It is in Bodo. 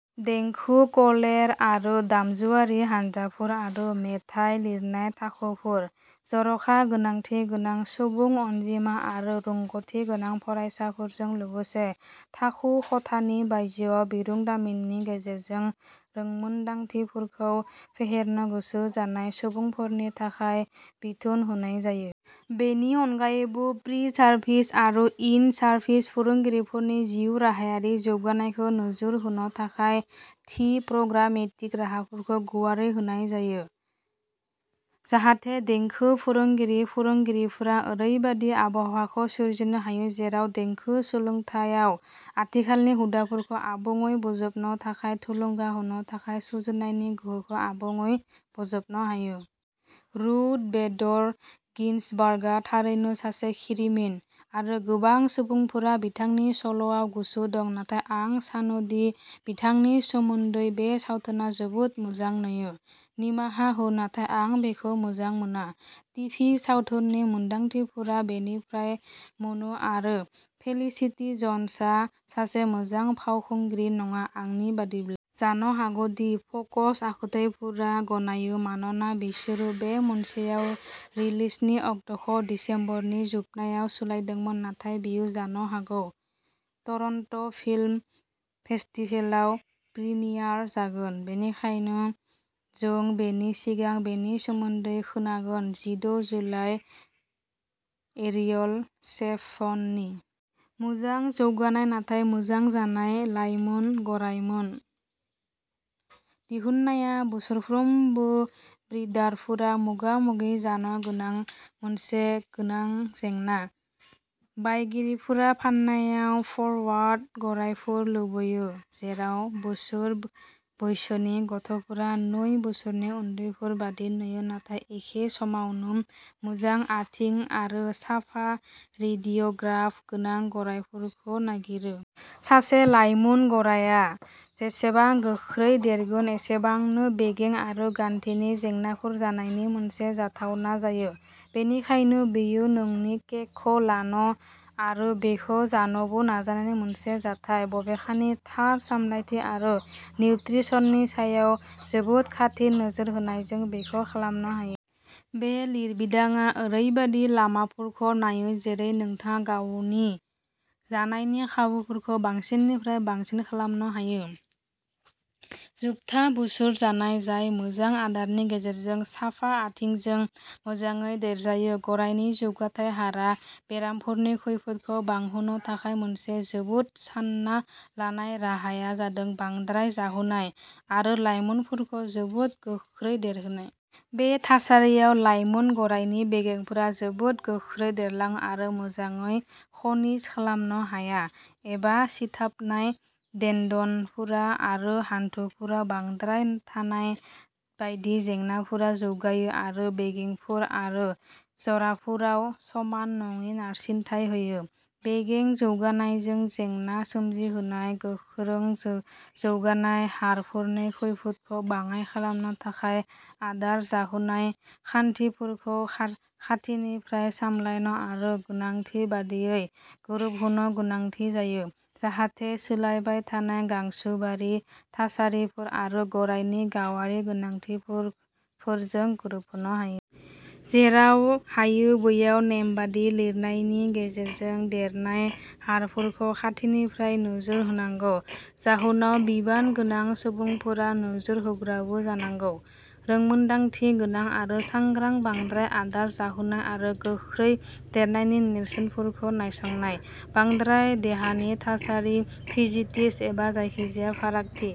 देंखो क'रेल आरो दामजुआरि हानजाफोर आरो मेथाइ लिरनाय थाखोफोर। जर'खा गोनांथि गोनां सुबुं अनजिमा आरो रोंग'थि गोनां फरायसाफोरजों लोगोसे थाखो खथानि बायजोआव बिरोंदामिननि गेजेरजों रोंमोनदांथिफोरखौ फेहेरनो गोसो जानाय सुबुंफोरनि थाखाय बिथोन होनाय जायो। बेनि अनगायैबो प्रि सार्भिस आरो इन सार्भिस फोरोंगिरिफोरनि जिउराहायारि जौगानायखौ नोजोर होनो थाखाय थि प्रग्रामेटिक राहाफोरखौ गुवारै होनाय जायो जाहाथे देंखो फोरोंगिरि फोरोंगिरिफोरा ओरैबायदि आबहावाखौ सोरजिनो हायो जेराव देंखो सोलोंथायाव आथिखालनि हुदाफोरखौ आबुंयै बोजबनो आरो थुलुंगा होनो थाखाय सुजुनायनि गोहोखौ आबुङै बोजबनो हायो। रुथ बेडर गिन्सबार्गआ थारैनो सासे खिरिमिन आरो गोबां सुबुंफोरा बिथांनि सल'आव गोसो दं नाथाय आं सानो दि बिथांनि सोमोन्दै बे सावथुना जोबोद मोजां नुयो। निमाहा हो नाथाय आं बेखौ मोजां मोना टिभि सावथुननि मोनदांथिफोरा बेनिफ्राय मोनो आरो फेलिसिटी जन्सआ सासे मोजां फावखुंग्रि नङा आंनि बायदिब्ला। जानो हागौ दि फोकस आखुथायफोरा गनायो मानोना बिसोरो बे मोनसेयाव रिलिजनि अक्ट'खौ दिसेम्बरनि जोबनायाव सोलायदोंमोन नाथाय बेयो जानो हागौ टरन्ट'फिल्म फेस्टिभेलआव प्रीमियार जागोन बेनिखायनो जों बेनि सिगां बेनि सोमोन्दै खोनागोन। जिद' जुलाइ एरियल शेभ'ननि। मोजां जौगानाय नाथाय मोजां जानाय लायमोन गरायमोन दिहुननाया बोसोरफ्रोमबो ब्रिडारफोरा मोगा मोगि जानो गोनां मोनसे गोनां जेंना। बायगिरिफोरा फान्नायाव फरवार्ड गरायफोर लुबैयो जेराव बोसोर बैसोनि गथ'फोरा नै बोसोरनि उन्दैफोर बायदि नुयो नाथाय एखे समावनो मोजां आथिं आरो साफा रेडिय'ग्राफ गोनां गरायफोरखौ नागिरो। सासे लायमोन गरायआ जेसेबां गोख्रै देरगोन, एसेबांनो बेगें आरो गान्थिनि जेंनाफोर जानायनि मोनसे जाथावना जायो बेनिखायनो बेयो नोंनि केकखौ लान आरो बेखौ जानोबो नाजानायनि मोनसे जाथाय। बबेखानि थार सामलायथि आरो निउत्रिसननि सायाव जोबोद खाथि नोजोर होनायजों बेखौ खालामनो हायो। बे लिरबिदांआ ओरैबायदि लामाफोरखौ नायो जेरै नोंथाङा गावनि जानायनि खाबुफोरखौ बांसिननिफ्राय बांसिन खालामनो हायो। जोबथा बोसोर जानाय जाय मोजां आदारनि गेजेरजों साफा आथिंजों मोजाङै देरजायो। गरायनि जौगाथाय हारा बेरामफोरनि खैफोदखौ बांहोनो थाखाय मोनसे जोबोद सान्ना लानाय राहाया जादों बांद्राय जाहोनाय आरो लाइमोनफोरखौ जोबोद गोख्रै देरहोनाय। बे थासारियाव लाइमोन गरायनि बेगेंफोरा जोबोद गोख्रै देरलाङो आरो मोजाङै खनिज खालामनो हाया एबा सिथाबनाय टेन्डनफोर आरो हान्थुफोराव बांद्राय थानाय बायदि जेंनाफोरा जौगायो आरो बेगेंफोर आरो जराफोराव समान नङि नारसिनथाय होयो। बेगें जौगानायजों जेंना सोमजिहोनाय गोख्रै जौगानाय हारफोरनि खैफोदखौ बाङाइ खालामनो थाखाय आदार जाहोनाय खान्थिफोरखौ खाथिनिफ्राय सामलायनो आरो गोनांथि बायदियै गोरोबहोनो गोनांथि जायो जाहाथे सोलायबाय थानाय गांसोबारि थासारिफोर आरो गरायनि गावारि गोनांथिफोरजों गोरोबनो हायो। जेराव हायो बैयाव नेमबादि लिरनायनि गेजेरजों देरनाय हारफोरखौ खाथिनिफ्राय नोजोर होनांगौ। जाहोनाय बिबान गोनां सुबुंफोरा नोजोर होग्राबो जानांगौ, रोंमोनदांथि गोनां आरो सांग्रा बांद्राय आदार जाहोनाय आरो गोख्रै देरनायनि नेरसोनफोरखौ नायसंनाय बांद्राय देहानि थासारि फिजिटिस एबा जायखिजाया फारागथि।